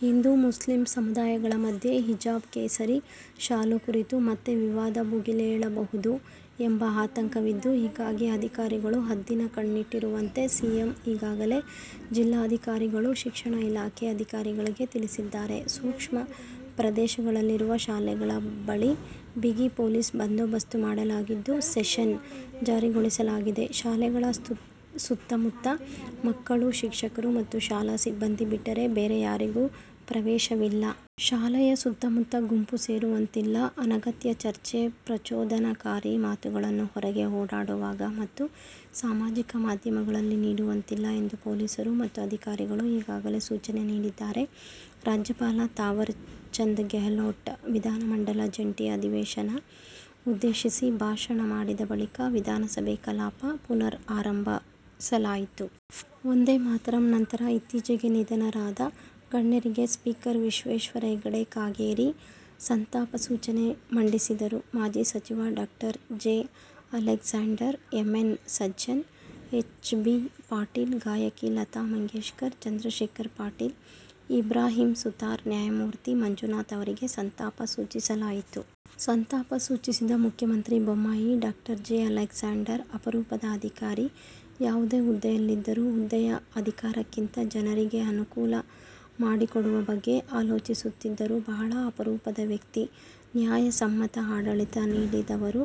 ಹಿಂದೂ-ಮುಸ್ಲಿಂ ಸಮುದಾಯಗಳ ಮಧ್ಯೆ ಹಿಜಾಬ್-ಕೇಸರಿ ಶಾಲು ಕುರಿತು ಮತ್ತೆ ವಿವಾದ ಭುಗಿಲೇಳಬಹುದು ಎಂಬ ಆತಂಕವಿದ್ದು ಹೀಗಾಗಿ ಅಧಿಕಾರಿಗಳು ಹದ್ದಿನ ಕಣ್ಣಿಟ್ಟಿರುವಂತೆ ಸಿಎಂ ಈಗಾಗಲೇ ಜಿಲ್ಲಾಧಿಕಾರಿಗಳು, ಶಿಕ್ಷಣ ಇಲಾಖೆ ಅಧಿಕಾರಿಗಳಿಗೆ ತಿಳಿಸಿದ್ದಾರೆ. ಸೂಕ್ಷ್ಮ ಪ್ರದೇಶಗಳಲ್ಲಿರುವ ಶಾಲೆಗಳ ಬಳಿ ಬಿಗಿ ಪೊಲೀಸ್ ಬಂದೋಬಸ್ತ್ ಮಾಡಲಾಗಿದ್ದು, ಸೆಕ್ಷನ್ ಜಾರಿಗೊಳಿಸಲಾಗಿದೆ. ಶಾಲೆಗಳ ಸುತ್ತಮುತ್ತ ಮಕ್ಕಳು, ಶಿಕ್ಷಕರು ಮತ್ತು ಶಾಲಾ ಸಿಬ್ಬಂದಿ ಬಿಟ್ಟರೆ ಬೇರೆ ಯಾರಿಗೂ ಪ್ರವೇಶವಿಲ್ಲ. ಶಾಲೆಯ ಸುತ್ತಮುತ್ತ ಗುಂಪು ಸೇರುವಂತಿಲ್ಲ. ಅನಗತ್ಯ ಚರ್ಚೆ, ಪ್ರಚೋದನಾಕಾರಿ ಮಾತುಗಳನ್ನು ಹೊರಗೆ ಓಡಾಡುವಾಗ ಮತ್ತು ಸಾಮಾಜಿಕ ಮಾಧ್ಯಮಗಳಲ್ಲಿ ನೀಡುವಂತಿಲ್ಲ ಎಂದು ಪೊಲೀಸರು ಮತ್ತು ಅಧಿಕಾರಿಗಳು ಈಗಾಗಲೇ ಸೂಚನೆ ನೀಡಿದ್ದಾರೆ. ರಾಜ್ಯಪಾಲ ಥಾವರ್ ಚಂದ್ ಗೆಹ್ಲೋಟ್ ವಿಧಾನಮಂಡಲ ಜಂಟಿ ಅಧಿವೇಶನ ಉದ್ದೇಶಿಸಿ ಭಾಷಣ ಮಾಡಿದ ಬಳಿಕ ವಿಧಾನಸಭೆ ಕಲಾಪ ಪುನರ್ ಆರಂಭಿಸಲಾಯಿತು. ವಂದೇ ಮಾತರಂ ನಂತರ ಇತ್ತೀಚೆಗೆ ನಿಧನರಾದ ಗಣ್ಯರಿಗೆ ಸ್ಪೀಕರ್ ವಿಶ್ವೇಶ್ವರ ಹೆಗಡೆ ಕಾಗೇರಿ ಸಂತಾಪ ಸೂಚನೆ ಮಂಡಿಸಿದರು. ಮಾಜಿ ಸಚಿವ ಡಾ. J. Alexander, M N Sajjan, H. B Patil, ಗಾಯಕಿ ಲತಾ ಮಂಗೇಶ್ಕರ್, ಚಂದ್ರಶೇಖರ್ ಪಾಟೀಲ್, ಇಬ್ರಾಹಿಂ ಸುತಾರ್, ನ್ಯಾಯಮೂರ್ತಿ ಮಂಜುನಾಥ್ ಅವರಿಗೆ ಸಂತಾಪ ಸೂಚಿಸಲಾಯಿತು. ಸಂತಾಪ ಸೂಚಿಸಿದ ಮುಖ್ಯಮಂತ್ರಿ ಬೊಮ್ಮಾಯಿ ಡಾ. ಜೆ ಅಲೆಗ್ಸಾಂಡರ್ ಅಪರೂಪದ ಅಧಿಕಾರಿ. ಯಾವುದೇ ಹುದ್ದೆಯಲ್ಲಿದ್ರೂ, ಹುದ್ದೆಯ ಅಧಿಕಾರಕ್ಕಿಂತ, ಜನರಿಗೆ ಅನುಕೂಲ ಮಾಡಿಕೊಡುವ ಬಗ್ಗೆ ಅಲೋಚಿಸುತ್ತಿದ್ದರು. ಬಹಳ ಅಪರೂಪದ ವ್ಯಕ್ತಿ. ನ್ಯಾಯಸಮ್ಮತ ಆಡಳಿತ ನೀಡಿದವರು.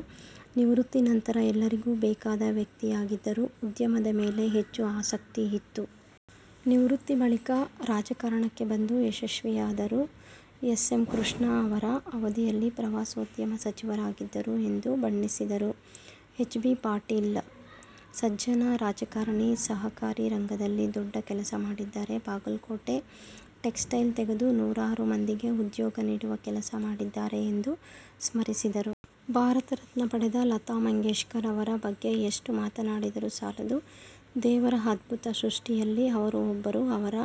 ನಿವೃತ್ತಿ ನಂತರ ಎಲ್ಲರಿಗೂ ಬೇಕಾದ ವ್ಯಕ್ತಿಯಾಗಿದ್ದರು. ಉದ್ಯಮದ ಮೇಲೆ ಹೆಚ್ಚು ಆಸಕ್ತಿ ಇತ್ತು. ನಿವೃತ್ತಿ ಬಳಿಕ ರಾಜಕಾರಣಕ್ಕೆ ಬಂದು ಯಶಸ್ವಿಯಾದರು. ಎಸ್. ಎಂ. ಕೃಷ್ಣಾ ಅವರ ಅವಧಿಯಲ್ಲಿ ಪ್ರವಾಸೋದ್ಯಮ ಸಚಿವರಾಗಿದ್ದರು ಎಂದು ಬಣ್ಣಿಸಿದರು. ಹೆಚ್. ಬಿ ಪಾಟೀಲ್ ಸಜ್ಜನ ರಾಜಕಾರಣಿ. ಸಹಕಾರಿ ರಂಗದಲ್ಲಿ ದೊಡ್ಡ ಕೆಲಸ ಮಾಡಿದ್ದಾರೆ. ಬಾಗಲಕೋಟೆ ಟೆಕ್ಸ್ಟೈಲ್ ತೆಗೆದು ನೂರಾರು ಮಂದಿಗೆ ಉದ್ಯೋಗ ನೀಡುವ ಕೆಲಸ ಮಾಡಿದ್ದಾರೆ ಎಂದು ಸ್ಮರಿಸಿದರು. ಭಾರತ ರತ್ನ ಪಡೆದ ಲತಾ ಮಂಗೇಶ್ಕರ್ ಅವರ ಬಗ್ಗೆ ಎಷ್ಟು ಮಾತನಾಡಿದರು ಸಾಲದು. ದೇವರ ಅದ್ಭುತ ಸೃಷ್ಟಿಯಲ್ಲಿ ಅವರು ಒಬ್ಬರು. ಅವರ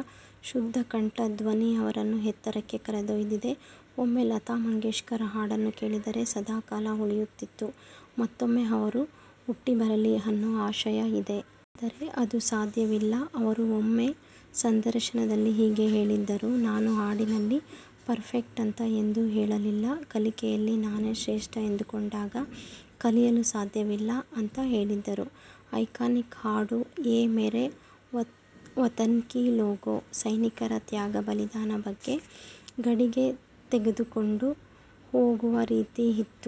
ಶುದ್ಧ ಕಂಠ, ಧ್ವನಿ ಅವರನ್ನ ಎತ್ತರಕ್ಕೆ ಕರೆದೊಯ್ದಿದೆ. ಒಮ್ಮೆ, ಲತಾ ಮಂಗೇಶ್ಕರ್ ಹಾಡನ್ನು ಕೇಳಿದರೆ ಸದಾಕಾಲ ಉಳಿಯುತ್ತಿತ್ತು. ಮತ್ತೊಮ್ಮೆ ಅವರು ಹುಟ್ಟಿಬರಲಿ ಅನ್ನೋ ಆಶಯ ಇದೆ. ಆದರೆ, ಅದು ಸಾಧ್ಯವಿಲ್ಲ. ಅವರು ಒಮ್ಮೆ, ಸಂದರ್ಶನದಲ್ಲಿ ಹೀಗೆ ಹೇಳಿದ್ದರು, ನಾನು ಹಾಡಿನಲ್ಲಿ ಪರ್ಫೆಕ್ಟ್ ಅಂತ ಎಂದೂ ಹೇಳಲಿಲ್ಲ. ಕಲಿಕೆಯಲ್ಲಿ ನಾನೇ ಶ್ರೇಷ್ಠ ಎಂದುಕೊಂಡಾಗ, ಕಲಿಯಲು ಸಾಧ್ಯವಿಲ್ಲ ಅಂತ ಹೇಳಿದ್ದರು. ಐಕಾನಿಕ್ ಹಾಡು ಎ ಮೇರೆ ವತನ್ಕಿ ಲೋಗೋ.. ಸೈನಿಕರ ತ್ಯಾಗ ಬಲಿದಾನ ಬಗ್ಗೆ ಗಡಿಗೆ ತೆಗೆದುಕೊಂಡು ಹೋಗುವ ರೀತಿ ಇತ್ತು.